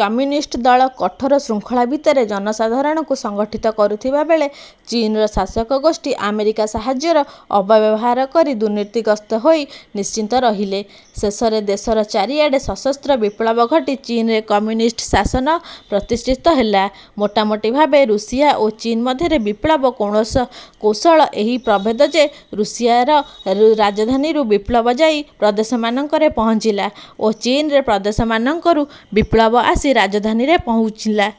Communist ଦଳ କଠୋର ଶୃଙ୍ଖଳା ଭିତରେ ଜନସାଧାରଣଙ୍କୁ ସଙ୍ଗଠିତ କରୁଥିବାବେଳେ ଚୀନର ଶାସକଗୋଷ୍ଠୀ ଆମେରିକା ସାହାଯ୍ୟର ଅପବ୍ୟବହାର କରି ଦୁର୍ନୀତିଗ୍ରସ୍ତ ହୋଇ ନିଶ୍ଚିତ ରହିଲେ। ଶେଷରେ ଦେଶର ଚାରିଆଡ଼େ ସଶସ୍ତ୍ର ବିପ୍ଳବ ଘଟି ଚୀନରେ କମ୍ୟୁନିଷ୍ଟ ଶାସନ ପ୍ରତିଷ୍ଠିତ ହେଲା। ମୋଟାମୋଟି ଭାବରେ ରୁଷିଆ ଓ ଚୀନ ମଧ୍ୟରେ ବିପ୍ଳବ କୌଶଳର ଏହି ପ୍ରଭେଦ ଯେ ରୁଷିଆରେ ରାଜଧାନୀରୁ ବିପ୍ଳବ ଯାଇ ପ୍ରଦେଶମାନଙ୍କରେ ପହଞ୍ଚିଲା ଓ ଚୀନରେ ପ୍ରଦେଶମାନଙ୍କରୁ ବିପ୍ଳବ ଆସି ରାଜଧାନୀରେ ପହୁଞ୍ଚିଲା।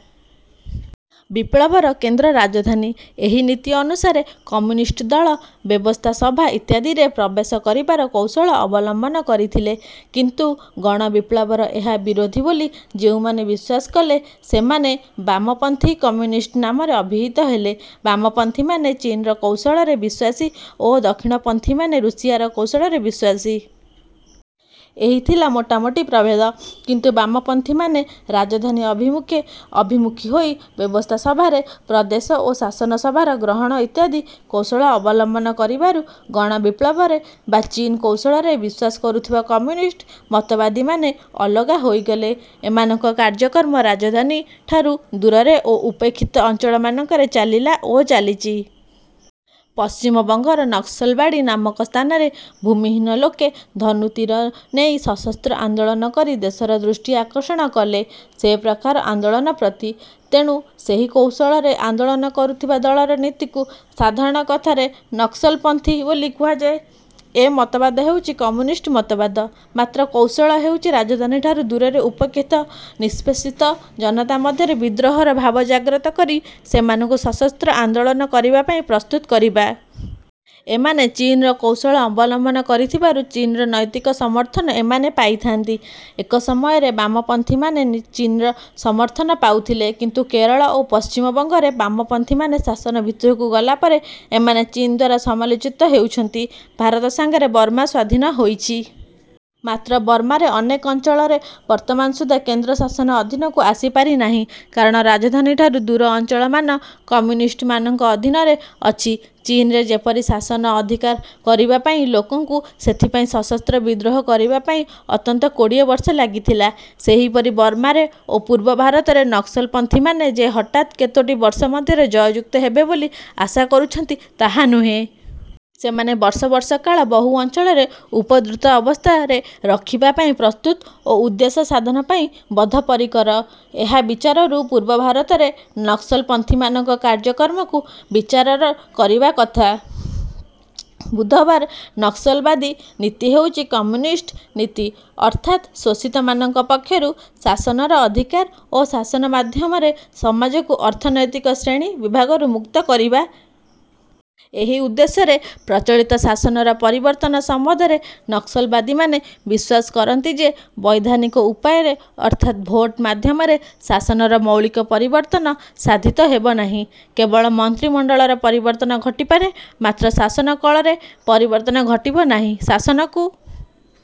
ବିପ୍ଳବର କେନ୍ଦ୍ର ରାଜଧାନୀ, ଏହି ନୀତି ଅନୁସାରେ କମ୍ୟୁନିଷ୍ଟ ଦଳ ବ୍ୟବସ୍ଥାସଭା ଇତ୍ୟାଦିରେ ପ୍ରବେଶ କରିବାର କୌଶଳ ଅବଲମ୍ବନ କରିଥିଲେ। କିନ୍ତୁ ଗଣବିପ୍ଳବର ଏହା ବିରୋଧୀ ବୋଲି ଯେଉଁମାନେ ବିଶ୍ୱାସ କଲେ ସେମାନେ ବାମପନ୍ଥୀ କମ୍ୟୁନିଷ୍ଟ ନାମରେ ଅଭିହିତ ହେଲେ। ବାମପନ୍ଥୀମାନେ ଚୀନର କୌଶଳରେ ବିଶ୍ୱାସୀ ଓ ଦକ୍ଷିଣପନ୍ଥୀମାନେ ରୁଷିଆର କୌଶଳରେ ବିଶ୍ୱାସୀ। ଏହି ଥିଲା ମୋଟାମୋଟି ପ୍ରଭେଦ। କିନ୍ତୁ ବାମପନ୍ଥୀମାନେ ରାଜଧାନୀ ଅଭିମୁଖୀ ହୋଇ ବ୍ୟବସ୍ଥାସଭାରେ ପ୍ରଦେଶ ଓ ଶାସନଭାର ଗ୍ରହଣ ଇତ୍ୟାଦି କୌଶଳ ଅବଲମ୍ବନ କରିବାରୁ, ଗଣବିପ୍ଳବରେ ବା ଚୀନ କୌଶଳରେ ବିଶ୍ୱାସ କରୁଥିବା କମ୍ୟୁନିଷ୍ଟ ମତବାଦୀମାନେ ଅଲଗା ହୋଇଗଲେ। ଏମାନଙ୍କର କାର୍ଯ୍ୟକ୍ରମ ରାଜଧାନୀ ଠାରୁ ଦୂରରେ ଓ ଉପେକ୍ଷିତ ଅଞ୍ଚଳମାନଙ୍କରେ ଚାଲିଲା ଓ ଚାଲିଛି। ପଶ୍ଚିମବଙ୍ଗର ନକ୍ସଲବାଡ଼ି ନାମକ ସ୍ଥାନରେ ଭୂମିହୀନ ଲୋକେ ଧନୁ ତୀର ନେଇ ସଶସ୍ତ୍ର ଆନ୍ଦୋଳନ କରି ଦେଶର ଦୃଷ୍ଟି ଆକର୍ଷଣ କଲେ ସେ ପ୍ରକାର ଆନ୍ଦୋଳନ ପ୍ରତି। ତେଣୁ ସେହି କୌଶଳରେ ଆନ୍ଦୋଳନ କରୁଥିବା ଦଳର ନୀତିକୁ ସାଧାରଣ କଥାରେ ନକ୍ସଲପନ୍ଥୀ ବୋଲି କୁହାଯାଏ। ଏ ମତବାଦ ହେଉଛି କମ୍ୟୁନିଷ୍ଟ ମତବାଦ, ମାତ୍ର କୌଶଳ ହେଉଛି ରାଜଧାନୀଠାରୁ ଦୂରରେ ଉପେକ୍ଷିତ ନିଷ୍ପେଷିତ ଜନତା ମଧ୍ୟରେ ବିଦ୍ରୋହର ଭାବ ଜାଗ୍ରତ କରି ସେମାନଙ୍କୁ ସଶସ୍ତ୍ର ଆନ୍ଦୋଳନ କରିବା ପାଇଁ ପ୍ରସ୍ତୁତ କରିବା। ଏମାନେ ଚୀନର କୌଶଳ ଅବଲମ୍ବନ କରିଥିବାରୁ ଚୀନର ନୈତିକ ସମର୍ଥନ ଏମାନେ ପାଇଥାନ୍ତି। ଏକ ସମୟରେ ବାମପନ୍ଥୀମାନେ ଚୀନର ସମର୍ଥନ ପାଉଥିଲେ। କିନ୍ତୁ କେରଳ ଓ ପଶ୍ଚିମବଙ୍ଗରେ ବାମପନ୍ଥୀମାନେ ଶାସନ ଭିତରକୁ ଗଲା ପରେ ଏମାନେ ଚୀନ ଦ୍ୱାରା ସମାଲୋଚିତ ହେଉଛନ୍ତି। ଭାରତ ସାଙ୍ଗରେ ବର୍ମା ସ୍ୱାଧୀନ ହୋଇଛି। ମାତ୍ର ବର୍ମାରେ ଅନେକ ଅଞ୍ଚଳ ବର୍ତ୍ତମାନ ସୁଦ୍ଧା କେନ୍ଦ୍ର ଶାସନ ଅଧୀନକୁ ଆସିପାରିନାହିଁ। କାରଣ ରାଜଧାନୀଠାରୁ ଦୂର ଅଞ୍ଚଳମାନ କମ୍ୟୁନିଷ୍ଟ ମାନଙ୍କ ଅଧୀନରେ ଅଛି। ଚୀନରେ ଯେପରି ଶାସନ ଅଧିକାର କରିବା ପାଇଁ ଓ ଲୋକଙ୍କୁ ସେଥିପାଇଁ ସଶସ୍ତ୍ର ବିଦ୍ରୋହ କରିବା ପାଇଁ ଅନ୍ତତଃ କୋଡ଼ିଏବର୍ଷ ଲାଗିଥିଲା, ସେହିପରି ବର୍ମାରେ ଓ ପୂର୍ବ ଭାରତରେ ନକ୍ସଲପନ୍ଥୀମାନେ ଯେ ହଠାତ୍ କେତୋଟି ବର୍ଷ ମଧ୍ୟରେ ଜୟଯୁକ୍ତ ହେବେ ବୋଲି ଆଶା କରୁଛନ୍ତି ତାହା ନୁହେଁ। ସେମାନେ ବର୍ଷ ବର୍ଷ କାଳ ବହୁ ଅଞ୍ଚଳ ଉପଦ୍ରୁତ ଅବସ୍ଥାରେ ରଖିବା ପାଇଁ ପ୍ରସ୍ତୁତ ଓ ଉଦ୍ଦେଶ୍ୟ ସାଧନ ପାଇଁ ବଦ୍ଧପରିକର। ଏହି ବିଚାରରୁ ପୂର୍ବ-ଭାରତରେ ନକ୍ସଲପନ୍ଥୀମାନଙ୍କ କାର୍ଯ୍ୟକ୍ରମକୁ ବିଚାର କରିବାର କଥା। ବୁଧବାର ନକସଲବାଦୀ ନୀତି ହେଉଛି କମ୍ୟୁନିଷ୍ଟ ନୀତି ଅର୍ଥାତ୍ ଶୋଷିତମାନଙ୍କ ପକ୍ଷରୁ ଶାସନର ଅଧିକାର ଓ ଶାସନ ମାଧ୍ୟମରେ ସମାଜକୁ ଅର୍ଥନୈତିକ ଶ୍ରେଣୀ ବିଭାଗରୁ ମୁକ୍ତ କରିବା। ଏହି ଉଦ୍ଦେଶ୍ୟରେ ପ୍ରଚଳିତ ଶାସନର ପରିବର୍ତ୍ତନ ସମ୍ବନ୍ଧରେ ନକ୍ସଲବାଦୀମାନେ ବିଶ୍ୱାସ କରନ୍ତି ଯେ ବୈଧାନିକ ଉପାୟରେ ଅର୍ଥାତ୍ ଭୋଟ ମାଧ୍ୟମରେ ଶାସନର ମୌଳିକ ପରିବର୍ତ୍ତନ ସାଧିତ ହେବ ନାହିଁ, କେବଳ ମନ୍ତ୍ରିମଣ୍ଡଳର ପରିବର୍ତ୍ତନ ଘଟିପାରେ ମାତ୍ର ଶାସନ କଳର ପରିବର୍ତ୍ତନ ଘଟିବ ନାହିଁ। ଶାସନକୁ